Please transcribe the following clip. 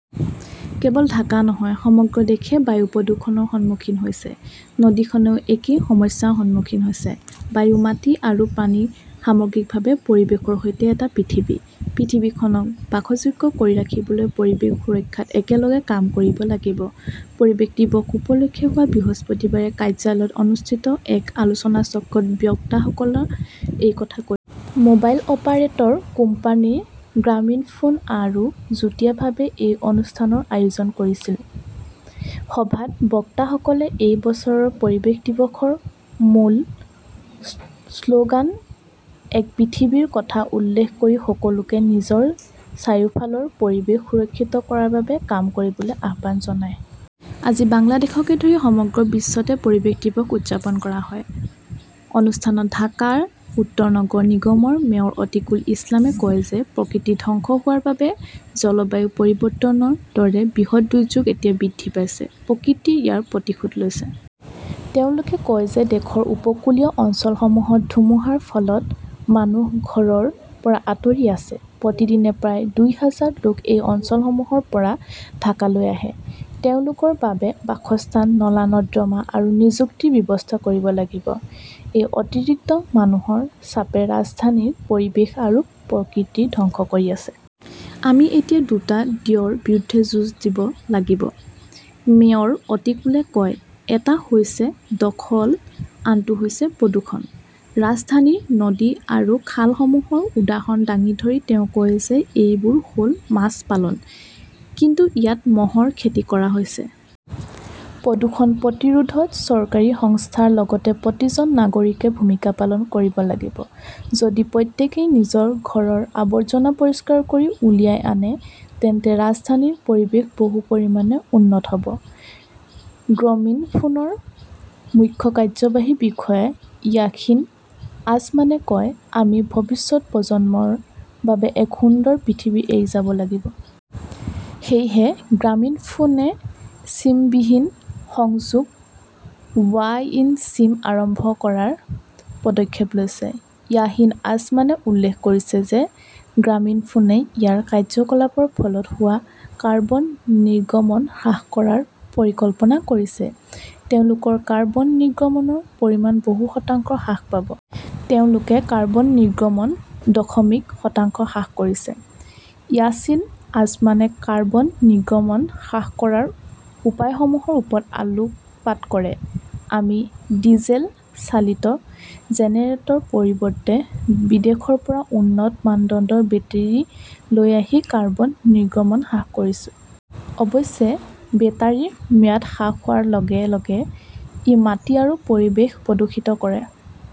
কেৱল ঢাকা নহয়, সমগ্ৰ দেশে বায়ু প্ৰদূষণৰ সন্মুখীন হৈছে। নদীখনেও একে সমস্যাৰ সন্মুখীন হৈছে। বায়ু, মাটি আৰু পানী-সামগ্ৰিকভাৱে পৰিৱেশৰ সৈতে এটা পৃথিৱী। পৃথিৱীখনক বাসযোগ্য কৰি ৰাখিবলৈ পৰিৱেশ সুৰক্ষাত একেলগে কাম কৰিব লাগিব। পৰিৱেশ দিৱস উপলক্ষে যোৱা বৃহস্পতিবাৰে কাৰ্যালয়ত অনুষ্ঠিত এক আলোচনাচক্ৰত বক্তাসকলে এই কথা কৈছিল। মোবাইল অপাৰেটৰ কোম্পানী গ্ৰামীণফোন আৰু যুটীয়াভাৱে এই অনুষ্ঠানৰ আয়োজন কৰিছিল। সভাত বক্তাসকলে এই বছৰৰ পৰিৱেশ দিৱসৰ মূল শ্লোগান "এক পৃথিৱী"ৰ কথা উল্লেখ কৰি সকলোকে নিজৰ চাৰিওফালৰ পৰিৱেশ সুৰক্ষিত কৰাৰ বাবে কাম কৰিবলৈ আহ্বান জনায়। আজি বাংলাদেশকে ধৰি সমগ্ৰ বিশ্বতে পৰিৱেশ দিৱস উদযাপন কৰা হয়। অনুষ্ঠানত ঢাকা উত্তৰ নগৰ নিগমৰ মেয়ৰ অতীকুল ইছলামে কয় যে, প্ৰকৃতি ধ্বংস হোৱাৰ বাবে জলবায়ু পৰিৱৰ্তনৰ দৰে বৃহৎ দুৰ্যোগ এতিয়া বৃদ্ধি পাইছে। প্ৰকৃতিয়ে ইয়াৰ প্ৰতিশোধ লৈছে। তেওঁলোকে কয় যে দেশৰ উপকূলীয় অঞ্চলসমূহত ধুমুহাৰ ফলত মানুহ ঘৰৰ পৰা আঁতৰি আছে। প্ৰতিদিনে প্ৰায় দুই হাজাৰ লোক এই অঞ্চলসমূহৰ পৰা ঢাকালৈ আহে। তেওঁলোকৰ বাবে বাসস্থান, নলা-নৰ্দমা আৰু নিযুক্তিৰ ব্যৱস্থা কৰিব লাগিব। এই অতিৰিক্ত মানুহৰ চাপে ৰাজধানীৰ পৰিৱেশ আৰু প্ৰকৃতি ধ্বংস কৰি আছে। "আমি এতিয়া দুটা "দ্য"ৰ বিৰুদ্ধে যুঁজ দিব লাগিব", মেয়ৰ অতিকুলে কয়। এটা হৈছে দখল, আনটো হৈছে প্ৰদূষণ। "ৰাজধানীৰ নদী আৰু খালসমূহৰ উদাহৰণ দাঙি ধৰি তেওঁ কয় যে এইবোৰ হ'ল মাছ পালন। কিন্তু ইয়াত মহৰ খেতি কৰা হৈছে। প্ৰদূষণ প্ৰতিৰোধত চৰকাৰী সংস্থাৰ লগতে প্ৰতিজন নাগৰিকে ভূমিকা পালন কৰিব লাগিব। যদি প্ৰত্যেকেই নিজৰ ঘৰৰ আৱৰ্জনা পৰিষ্কাৰ কৰি উলিয়াই আনে, তেন্তে ৰাজধানীৰ পৰিৱেশ বহু পৰিমাণে উন্নত হ'ব। গ্ৰমীণফোনৰ মুখ্য কাৰ্যবাহী বিষয়া য়াসিৰ আজমানে কয়,"আমি ভৱিষ্যত প্ৰজন্মৰ বাবে এক সুন্দৰ পৃথিৱী এৰি যাব লাগিব।" সেয়েহে গ্ৰামীণফোনে চিমবিহীন সংযোগ ৱা ই-চিম আৰম্ভ কৰাৰ পদক্ষেপ লৈছে। য়াসিৰ আজমানে উল্লেখ কৰিছিল যে গ্ৰামীণফোনে ইয়াৰ কাৰ্যকলাপৰ ফলত হোৱা কাৰ্বন নিৰ্গমন হ্ৰাস কৰাৰ পৰিকল্পনা কৰিছে। তেওঁলোকৰ কাৰ্বন নিৰ্গমনৰ পৰিমাণ বহু শতাংশ হ্ৰাস পাব। তেওঁলোকে কাৰ্বন নিৰ্গমন দশমিক শতাংশ হ্ৰাস কৰিছে। ইয়াছিৰ আজমানে কাৰ্বন নিৰ্গমন হ্ৰাস কৰাৰ উপায়সমূহৰ ওপৰতো আলোকপাত কৰে। "আমি ডিজেল চালিত জেনেৰেটৰ পৰিৱৰ্তে বিদেশৰ পৰা উন্নত মানদণ্ডৰ বেটাৰী লৈ আহি কাৰ্বন নিৰ্গমন হ্ৰাস কৰিছোঁ। অৱশ্যে, বেটাৰিৰ ম্যাদ হ্ৰাস হোৱাৰ লগে লগে ই মাটি আৰু পৰিৱেশ প্ৰদূষিত কৰে।"